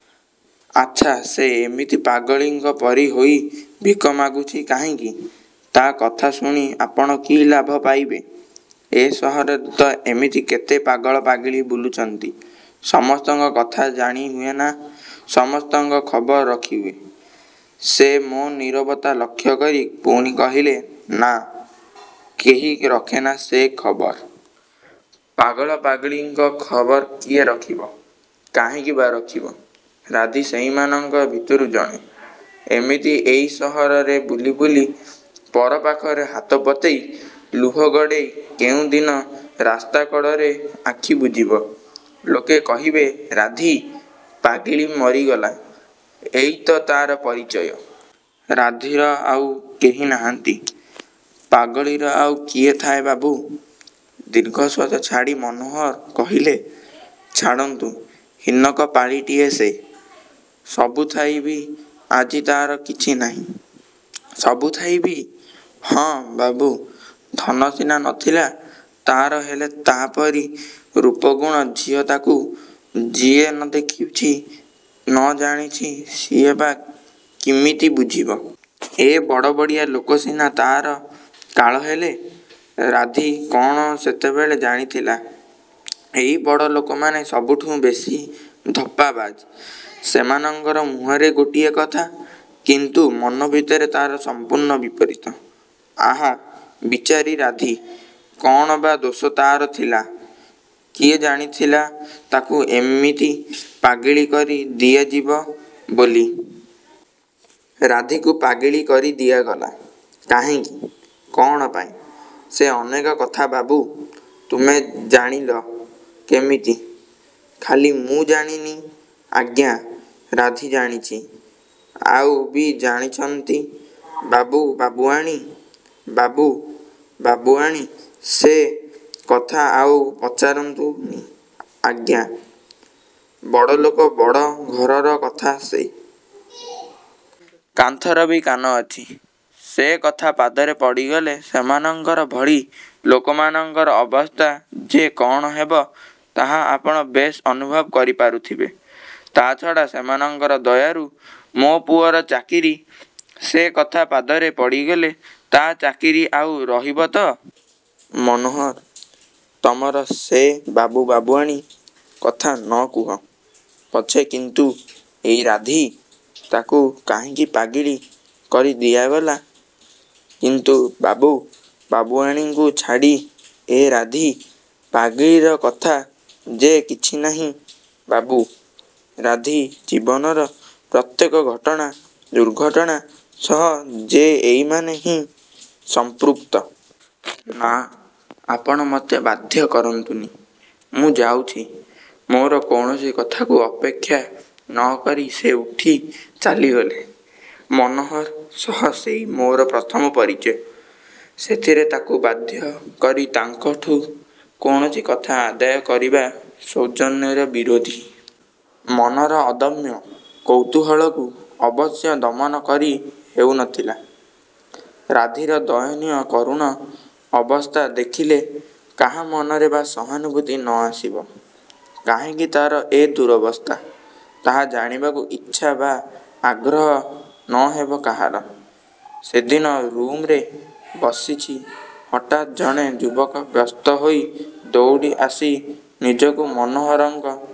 ଆଚ୍ଛା ସେ ଏମିତି ପାଗଳୀଙ୍କ ପରି ହୋଇ ଭିକ ମାଗୁଛି କାହିଁକି? ତା' କଥା ଶୁଣି ଆପଣ କି ଲାଭ ପାଇବେ? ଏ ସହରରେ ତ ଏମିତି କେତେ ପାଗଳ ପାଗଳୀ ବୁଲୁଛନ୍ତି। ସମସ୍ତଙ୍କ କଥା ଜାଣି ହୁଏ, ନା ସମସ୍ତଙ୍କ ଖବର ରଖିହୁଏ? ସେ ମୋ' ନିରବତା ଲକ୍ଷ୍ୟ କରି ପୁଣି କହିଲେ-ନା, କେହି ରଖେନା ସେ ଖବର। ପାଗଳ ପାଗଳୀଙ୍କ ଖବର କିଏ ରଖିବ? କାହିଁକି ବା ରଖିବ? ରାଧି ସେଇମାନଙ୍କ ଭିତରୁ ଜଣେ-। ଏମିତି ଏଇ ସହରରେ ବୁଲିବୁଲି ପର ପାଖରେ ହାତ ପତେଇ, ଲୁହ ଗଡ଼େଇ କେଉଁ ଦିନ ରାସ୍ତାକଡ଼ରେ ଆଖି ବୁଜିବ। ଲୋକେ କହିବେ-ରାଧି ପାଗଳୀ ମରିଗଲା। ଏଇ ତ ତା'ର ପରିଚୟ। ରାଧିର କ'ଣ ଆଉ କେହି ନାହାଁନ୍ତି? 'ପାଗଳୀର ଆଉ କିଏ ଥାଏ ବାବୁ? ଦୀର୍ଘଶ୍ଵାସ ଛାଡ଼ି ମନୋହର କହିଲେ-' ଛାଡ଼ନ୍ତୁ ହୀନକପାଳୀଟିଏ ସେ, ସବୁଥାଇ ବି ଆଜି ତା'ର କିଛି ନାହିଁ। ସବୁ ଥାଇ ବି? ହଁ ବାବୁ, ଧନ ସିନା ନ ଥିଲା ତା'ର ହେଲେ ତା'ପରି ରୂପଗୁଣର ଝିଅ-ତାକୁ ଯିଏ ନ ଦେଖିଛି, ନ ଜାଣିଛି ସିଏ ବା କିମିତି ବୁଝିବ? ଏ ବଡ଼ବଡ଼ିଆ ଲୋକ ସିନା ତା'ର କାଳ ହେଲେ। ରାଧି କ'ଣ ସେତେବେଳେ ଜାଣିଥିଲା ଏଇ ବଡ଼ଲୋକମାନେ ସବୁଠୁଁ ବେଶୀ ଧପ୍ପାବାଜ୍-ସେମାନଙ୍କ ମୁହଁରେ ଗୋଟିଏ କଥା, କିନ୍ତୁ ମନ ଭିତରେ ତା'ର ସମ୍ପୂର୍ଣ୍ଣ ବିପରୀତ। ଆହାଃ ବିଚାରୀ ରାଧି-କ'ଣ ବା ଦୋଷ ତା'ର ଥିଲା? କିଏ ଜାଣିଥିଲା ତାକୁ ଏମିତି ପାଗଳୀ କରି ଦିଆଯିବ ବୋଲି-! ରାଧିକୁ ପାଗଳୀ କରି ଦିଆଗଲା? କାହିଁକି, କ'ଣ ପାଇଁ? ସେ ଅନେକ କଥା ବାବୁ ତମେ ଜାଣିଲ କେମିତି? ଖାଲି ମୁଁ ଜାଣିନି ଆଜ୍ଞା-ରାଧି ଜାଣିଛି, ଆଉ ବି ଜାଣିଛନ୍ତି ବାବୁ ବାବୁଆଣୀ। ବାବୁ ବାବୁଆଣୀ? ସେ କଥା ଆଉ ପଚାରନ୍ତୁନି ଆଜ୍ଞା। ବଡ଼ଲୋକ, ବଡ଼ ଘରର କଥା ସେ। କାନ୍ଥର ବି କାନ ଅଛି। ସେ କଥା ପଦାରେ ପଡ଼ିଗଲେ ଆମମାନଙ୍କ ଭଳି ଲୋକମାନଙ୍କ ଅବସ୍ଥା ଯେ କ'ଣ ହେବ ତାହା ଆପଣ ବେଶ୍ ଅନୁଭବ କରି ପାରୁଥିବେ। ତା'ଛଡ଼ା ସେମାନଙ୍କ ଦୟାରୁ ମୋ' ପୁଅର ଚାକିରି। ସେ କଥା ପଦାରେ ପଡ଼ିଗଲେ ତା' ଚାକିରି ଆଉ ରହିବ ତ? ମନୋହର, ତମର ସେ ବାବୁ ବାବୁଆଣୀ କଥା ନ କୁହ ପଛେ କିନ୍ତୁ ଏଇ ରାଧି ତାକୁ କାହିଁକି ପାଗଳୀ କରି ଦିଆଗଲା? କିନ୍ତୁ ବାବୁ ବାବୁଆଣୀଙ୍କୁ ଛାଡ଼ି ଏ ରାଧି ପାଗଳୀର କଥା ଯେ କିଛି ନାହିଁ ବାବୁ। ରାଧି ଜୀବନର ପ୍ରତ୍ୟେକ ଘଟଣା ଦୁର୍ଘଟଣା ସହ ଯେ ଏଇମାନେ ହିଁ ସଂପୃକ୍ତ। ନା, ଆପଣ ମୋତେ ବାଧ୍ୟ କରନ୍ତୁନି। ମୁଁ ଯାଉଛି। ମୋର କୌଣସି କଥାକୁ ଅପେକ୍ଷା ନ କରି ସେ ଉଠି ଚାଲିଗଲେ। ମନୋହର ସହ ସେଇ ମୋର ପ୍ରଥମ ପରିଚୟ। ସେଥିରେ ତାକୁ ବାଧ୍ୟ କରି ତାଙ୍କଠୁ କୌଣସି କଥା ଆଦାୟ କରିବା ସୌଜନ୍ୟର ବିରୋଧୀ। ମନର ଅଦମ୍ୟ କୌତୂହଳକୁ ଅବଶ୍ୟ ଦମନ କରି ହେଉ ନଥାଏ। ରାଧିର ଦୟନୀୟ କରୁଣ ଅବସ୍ଥା ଦେଖିଲେ କାହା ମନରେ ବା ସହାନୁଭୂତି ନ ଆସିବ, କାହିଁକି ତା'ର ଏ ଦୂରବସ୍ଥା-ତାହା ଜାଣିବାକୁ ଇଚ୍ଛା ବା ଆଗ୍ରହ ନ ହେବ କାହାର? ସେଦିନ ରୁମ୍ରେ ବସିଛି। ହଠାତ୍ ଜଣେ ଯୁବକ ବ୍ୟସ୍ତ ହୋଇ ଦୌଡ଼ି ଆସି ନିଜକୁ ମନୋହରଙ୍କ